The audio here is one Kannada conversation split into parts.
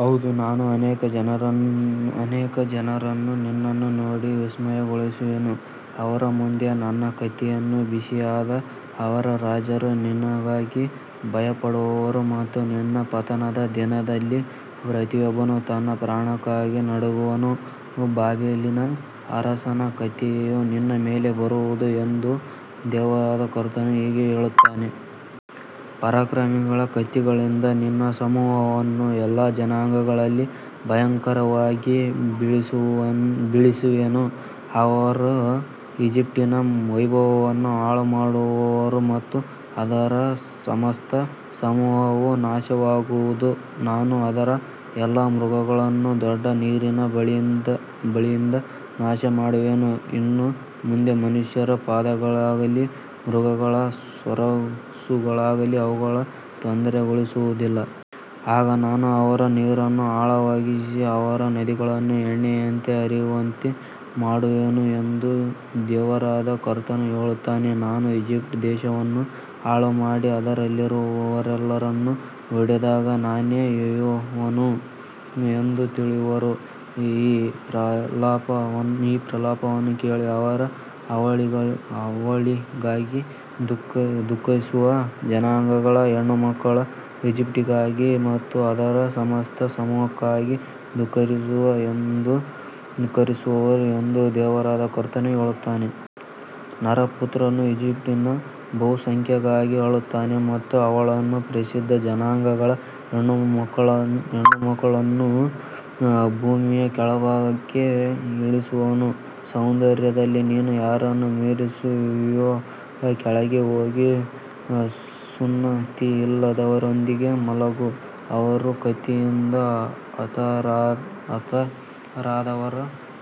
ಹೌದು, ನಾನು ಅನೇಕ ಜನರನ್ನು ನಿನ್ನನ್ನು ನೋಡಿ ವಿಸ್ಮಯಗೊಳಿಸುವೆನು. ಅವರ ಮುಂದೆ ನನ್ನ ಕತ್ತಿಯನ್ನು ಬೀಸಿದಾಗ ಅವರ ರಾಜರು ನಿನಗಾಗಿ ಭಯಪಡುವರು ಮತ್ತು ನಿನ್ನ ಪತನದ ದಿನದಲ್ಲಿ ಪ್ರತಿಯೊಬ್ಬನು ತನ್ನ ಪ್ರಾಣಕ್ಕಾಗಿ ನಡುಗುವನು. ಬಾಬೆಲಿನ ಅರಸನ ಕತ್ತಿಯು ನಿನ್ನ ಮೇಲೆ ಬರುವುದು ಎಂದು ದೇವರಾದ ಕರ್ತನು ಹೀಗೆ ಹೇಳುತ್ತಾನೆ. ಪರಾಕ್ರಮಿಗಳ ಕತ್ತಿಗಳಿಂದ ನಿನ್ನ ಸಮೂಹವನ್ನು ಎಲ್ಲಾ ಜನಾಂಗಗಳಲ್ಲಿ ಭಯಂಕರವಾಗಿ ಬೀಳಿಸುವೆನು. ಅವರು ಈಜಿಪ್ಟಿನ ವೈಭವವನ್ನು ಹಾಳುಮಾಡುವರು ಮತ್ತು ಅದರ ಸಮಸ್ತ ಸಮೂಹವು ನಾಶವಾಗುವುದು. ನಾನು ಅದರ ಎಲ್ಲಾ ಮೃಗಗಳನ್ನು ದೊಡ್ಡ ನೀರಿನ ಬಳಿಯಿಂದ ನಾಶಮಾಡುವೆನು, ಇನ್ನು ಮುಂದೆ ಮನುಷ್ಯರ ಪಾದಗಳಾಗಲಿ ಮೃಗಗಳ ಗೊರಸುಗಳಾಗಲಿ ಅವುಗಳನ್ನು ತೊಂದರೆಗೊಳಿಸುವುದಿಲ್ಲ. ಆಗ ನಾನು ಅವರ ನೀರನ್ನು ಆಳವಾಗಿಸಿ ಅವರ ನದಿಗಳನ್ನು ಎಣ್ಣೆಯಂತೆ ಹರಿಯುವಂತೆ ಮಾಡುವೆನು ಎಂದು ದೇವರಾದ ಕರ್ತನು ಹೇಳುತ್ತಾನೆ. ನಾನು ಈಜಿಪ್ಟ್ ದೇಶವನ್ನು ಹಾಳುಮಾಡಿ, ಅದರಲ್ಲಿರುವವರೆಲ್ಲರನ್ನು ಹೊಡೆದಾಗ, ನಾನೇ ಯೆಹೋವನು ಎಂದು ತಿಳಿಯುವರು. ಈ ಪ್ರಲಾಪವನ್ನು ಕೇಳಿ ಅವರು ಅವಳಿಗಾಗಿ ದುಃಖಿಸುವರು. ಜನಾಂಗಗಳ ಹೆಣ್ಣುಮಕ್ಕಳು ಈಜಿಪ್ಟಿಗಾಗಿ ಮತ್ತು ಅದರ ಸಮಸ್ತ ಸಮೂಹಕ್ಕಾಗಿ ದುಃಖಿಸುವರು ಎಂದು ದೇವರಾದ ಕರ್ತನು ಹೇಳುತ್ತಾನೆ. ನರಪುತ್ರನು ಈಜಿಪ್ಟಿನ ಬಹುಸಂಖ್ಯೆಗಾಗಿ ಅಳುತ್ತಾನೆ ಮತ್ತು ಅವಳನ್ನೂ ಪ್ರಸಿದ್ಧ ಜನಾಂಗಗಳ ಹೆಣ್ಣುಮಕ್ಕಳನ್ನೂ ಭೂಮಿಯ ಕೆಳಭಾಗಕ್ಕೆ ಇಳಿಸುವನು. ಸೌಂದರ್ಯದಲ್ಲಿ ನೀನು ಯಾರನ್ನು ಮೀರಿಸುವಿಯೋ, ಕೆಳಗೆ ಹೋಗಿ ಸುನ್ನತಿಯಿಲ್ಲದವರೊಂದಿಗೆ ಮಲಗು. ಅವರು ಕತ್ತಿಯಿಂದ ಹತರಾದವರ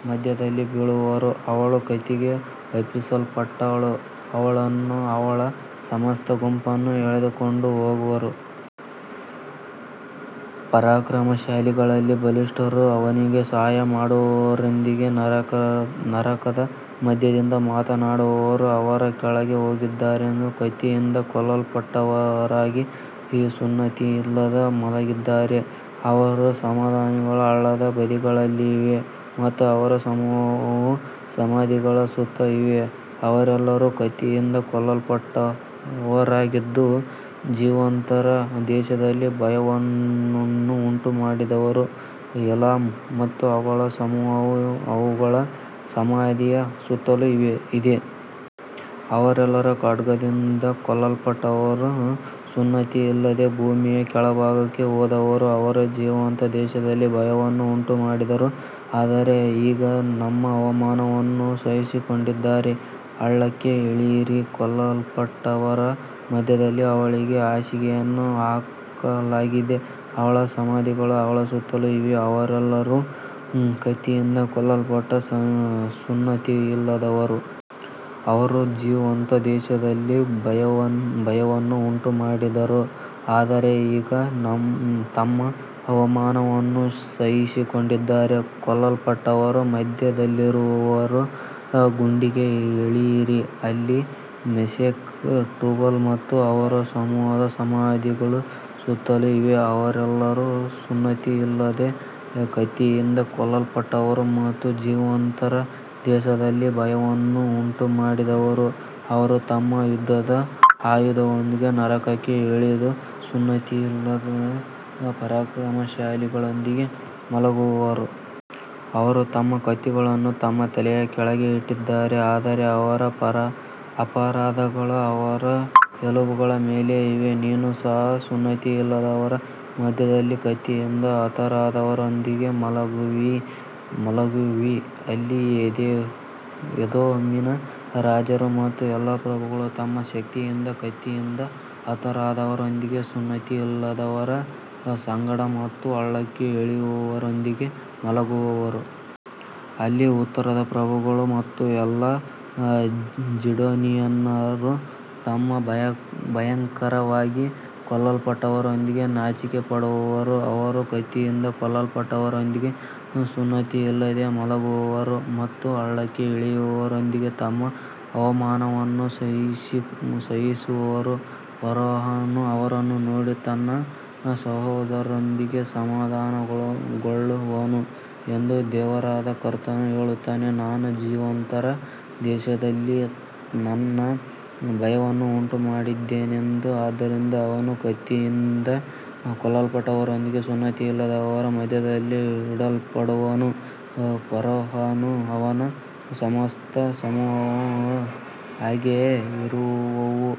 ಮಧ್ಯದಲ್ಲಿ ಬೀಳುವರು. ಅವಳು ಕತ್ತಿಗೆ ಒಪ್ಪಿಸಲ್ಪಟ್ಟಳು, ಅವಳನ್ನೂ ಅವಳ ಸಮಸ್ತ ಗುಂಪನ್ನೂ ಎಳೆದುಕೊಂಡು ಹೋಗುವರು. ಪರಾಕ್ರಮಶಾಲಿಗಳಲ್ಲಿ ಬಲಿಷ್ಠರು ಅವನಿಗೆ ಸಹಾಯ ಮಾಡುವವರೊಂದಿಗೆ ನರಕದ ಮಧ್ಯದಿಂದ ಮಾತನಾಡುವರು. ಅವರು ಕೆಳಗೆ ಹೋಗಿದ್ದಾರೆ, ಕತ್ತಿಯಿಂದ ಕೊಲ್ಲಲ್ಪಟ್ಟವರಾಗಿ ಸುನ್ನತಿಯಿಲ್ಲದೆ ಮಲಗಿದ್ದಾರೆ. ಅವರ ಸಮಾಧಿಗಳು ಹಳ್ಳದ ಬದಿಗಳಲ್ಲಿವೆ ಮತ್ತು ಅವರ ಸಮೂಹವು ಸಮಾಧಿಗಳ ಸುತ್ತಲೂ ಇದೆ. ಅವರೆಲ್ಲರೂ ಕತ್ತಿಯಿಂದ ಕೊಲ್ಲಲ್ಪಟ್ಟವರಾಗಿದ್ದು, ಜೀವಂತರ ದೇಶದಲ್ಲಿ ಭಯವನ್ನು ಉಂಟುಮಾಡಿದರು. ಏಲಾಮ್ ಮತ್ತು ಅವಳ ಸಮೂಹವು ಅವಳ ಸಮಾಧಿಯ ಸುತ್ತಲೂ ಇದೆ. ಅವರೆಲ್ಲರೂ ಖಡ್ಗದಿಂದ ಕೊಲ್ಲಲ್ಪಟ್ಟವರು, ಸುನ್ನತಿಯಿಲ್ಲದೆ ಭೂಮಿಯ ಕೆಳಭಾಗಕ್ಕೆ ಹೋದವರು. ಅವರು ಜೀವಂತರ ದೇಶದಲ್ಲಿ ಭಯವನ್ನು ಉಂಟುಮಾಡಿದರು, ಆದರೆ ಈಗ ತಮ್ಮ ಅವಮಾನವನ್ನು ಸಹಿಸಿಕೊಂಡಿದ್ದಾರೆ. ಹಳ್ಳಕ್ಕೆ ಇಳಿಯಿರಿ, ಕೊಲ್ಲಲ್ಪಟ್ಟವರ ಮಧ್ಯದಲ್ಲಿ ಅವಳಿಗೆ ಹಾಸಿಗೆಯನ್ನು ಹಾಕಲಾಗಿದೆ. ಅವಳ ಸಮಾಧಿಗಳು ಅವಳ ಸುತ್ತಲೂ ಇವೆ, ಅವರೆಲ್ಲರೂ ಕತ್ತಿಯಿಂದ ಕೊಲ್ಲಲ್ಪಟ್ಟ ಸುನ್ನತಿಯಿಲ್ಲದವರು. ಅವರು ಜೀವಂತರ ದೇಶದಲ್ಲಿ ಭಯವನ್ನು ಉಂಟುಮಾಡಿದರು, ಆದರೆ ಈಗ ತಮ್ಮ ಅವಮಾನವನ್ನು ಸಹಿಸಿಕೊಂಡಿದ್ದಾರೆ. ಕೊಲ್ಲಲ್ಪಟ್ಟವರ ಮಧ್ಯದಲ್ಲಿರುವ ಗುಂಡಿಗೆ ಇಳಿಯಿರಿ. ಅಲ್ಲಿ ಮೆಷೆಕ್, ಟೂಬಲ್ ಮತ್ತು ಅವರ ಸಮೂಹದ ಸಮಾಧಿಗಳು ಸುತ್ತಲೂ ಇವೆ. ಅವರೆಲ್ಲರೂ ಸುನ್ನತಿಯಿಲ್ಲದೆ ಕತ್ತಿಯಿಂದ ಕೊಲ್ಲಲ್ಪಟ್ಟವರು ಮತ್ತು ಜೀವಂತರ ದೇಶದಲ್ಲಿ ಭಯವನ್ನು ಉಂಟುಮಾಡಿದವರು. ಅವರು ತಮ್ಮ ಯುದ್ಧದ ಆಯುಧಗಳೊಂದಿಗೆ ನರಕಕ್ಕೆ ಇಳಿದ ಸುನ್ನತಿಯಿಲ್ಲದ ಪರಾಕ್ರಮಶಾಲಿಗಳೊಂದಿಗೆ ಮಲಗುವರು. ಅವರು ತಮ್ಮ ಕತ್ತಿಗಳನ್ನು ತಮ್ಮ ತಲೆಯ ಕೆಳಗೆ ಇಟ್ಟಿದ್ದಾರೆ, ಆದರೆ ಅವರ ಅಪರಾಧಗಳು ಅವರ ಎಲುಬುಗಳ ಮೇಲೆ ಇವೆ. ನೀನು ಸಹ ಸುನ್ನತಿಯಿಲ್ಲದವರ ಮಧ್ಯದಲ್ಲಿ ಕತ್ತಿಯಿಂದ ಹತರಾದವರೊಂದಿಗೆ ಮಲಗುವಿ. ಅಲ್ಲಿ ಎದೋಮಿನ ರಾಜರು ಮತ್ತು ಎಲ್ಲಾ ಪ್ರಭುಗಳು ತಮ್ಮ ಶಕ್ತಿಯಿಂದ ಕತ್ತಿಯಿಂದ ಹತರಾದವರೊಂದಿಗೆ ಸುನ್ನತಿಯಿಲ್ಲದವರ ಸಂಗಡ ಮತ್ತು ಹಳ್ಳಕ್ಕೆ ಇಳಿಯುವವರೊಂದಿಗೆ ಮಲಗುವರು. ಅಲ್ಲಿ ಉತ್ತರದ ಪ್ರಭುಗಳು ಮತ್ತು ಎಲ್ಲಾ ಝೀಡೋನಿಯನ್ನರು ತಮ್ಮ ಭಯಂಕರವಾಗಿ ಕೊಲ್ಲಲ್ಪಟ್ಟವರೊಂದಿಗೆ ನಾಚಿಕೆಪಡುವರು. ಅವರು ಕತ್ತಿಯಿಂದ ಕೊಲ್ಲಲ್ಪಟ್ಟವರೊಂದಿಗೆ ಸುನ್ನತಿಯಿಲ್ಲದೆ ಮಲಗುವರು ಮತ್ತು ಹಳ್ಳಕ್ಕೆ ಇಳಿಯುವವರೊಂದಿಗೆ ತಮ್ಮ ಅವಮಾನವನ್ನು ಸಹಿಸುವರು. ಫರೋಹನು ಅವರನ್ನು ನೋಡಿ ತನ್ನ ಸಮೂಹದೊಂದಿಗೆ ಸಮಾಧಾನಗೊಳ್ಳುವನು ಎಂದು ದೇವರಾದ ಕರ್ತನು ಹೇಳುತ್ತಾನೆ. ನಾನು ಜೀವಂತರ ದೇಶದಲ್ಲಿ ನನ್ನ ಭಯವನ್ನು ಉಂಟುಮಾಡಿದ್ದೇನೆ, ಆದ್ದರಿಂದ ಅವನು ಕತ್ತಿಯಿಂದ ಕೊಲ್ಲಲ್ಪಟ್ಟವರೊಂದಿಗೆ ಸುನ್ನತಿಯಿಲ್ಲದವರ ಮಧ್ಯದಲ್ಲಿ ಇಡಲ್ಪಡುವನು, ಫರೋಹನೂ ಅವನ ಸಮಸ್ತ ಸಮೂಹವೂ ಹಾಗೆಯೇ ಇರುವವು.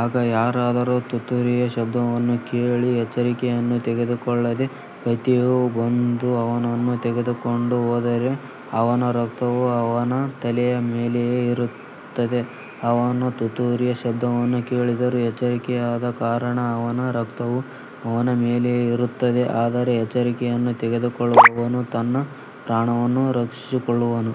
ಆಗ ಯಾರಾದರೂ ತುತ್ತೂರಿಯ ಶಬ್ದವನ್ನು ಕೇಳಿ ಎಚ್ಚರಿಕೆಯನ್ನು ತೆಗೆದುಕೊಳ್ಳದೆ ಕತ್ತಿಯು ಬಂದು ಅವನನ್ನು ತೆಗೆದುಕೊಂಡು ಹೋದರೆ, ಅವನ ರಕ್ತವು ಅವನ ತಲೆಯ ಮೇಲೆಯೇ ಇರುತ್ತದೆ. ಅವನು ತುತ್ತೂರಿಯ ಶಬ್ದವನ್ನು ಕೇಳಿದರೂ ಎಚ್ಚರಿಕೆಯಾಗದ ಕಾರಣ ಅವನ ರಕ್ತವು ಅವನ ಮೇಲೆಯೇ ಇರುತ್ತದೆ, ಆದರೆ ಎಚ್ಚರಿಕೆಯನ್ನು ತೆಗೆದುಕೊಳ್ಳುವವನು ತನ್ನ ಪ್ರಾಣವನ್ನು ರಕ್ಷಿಸಿಕೊಳ್ಳುವನು.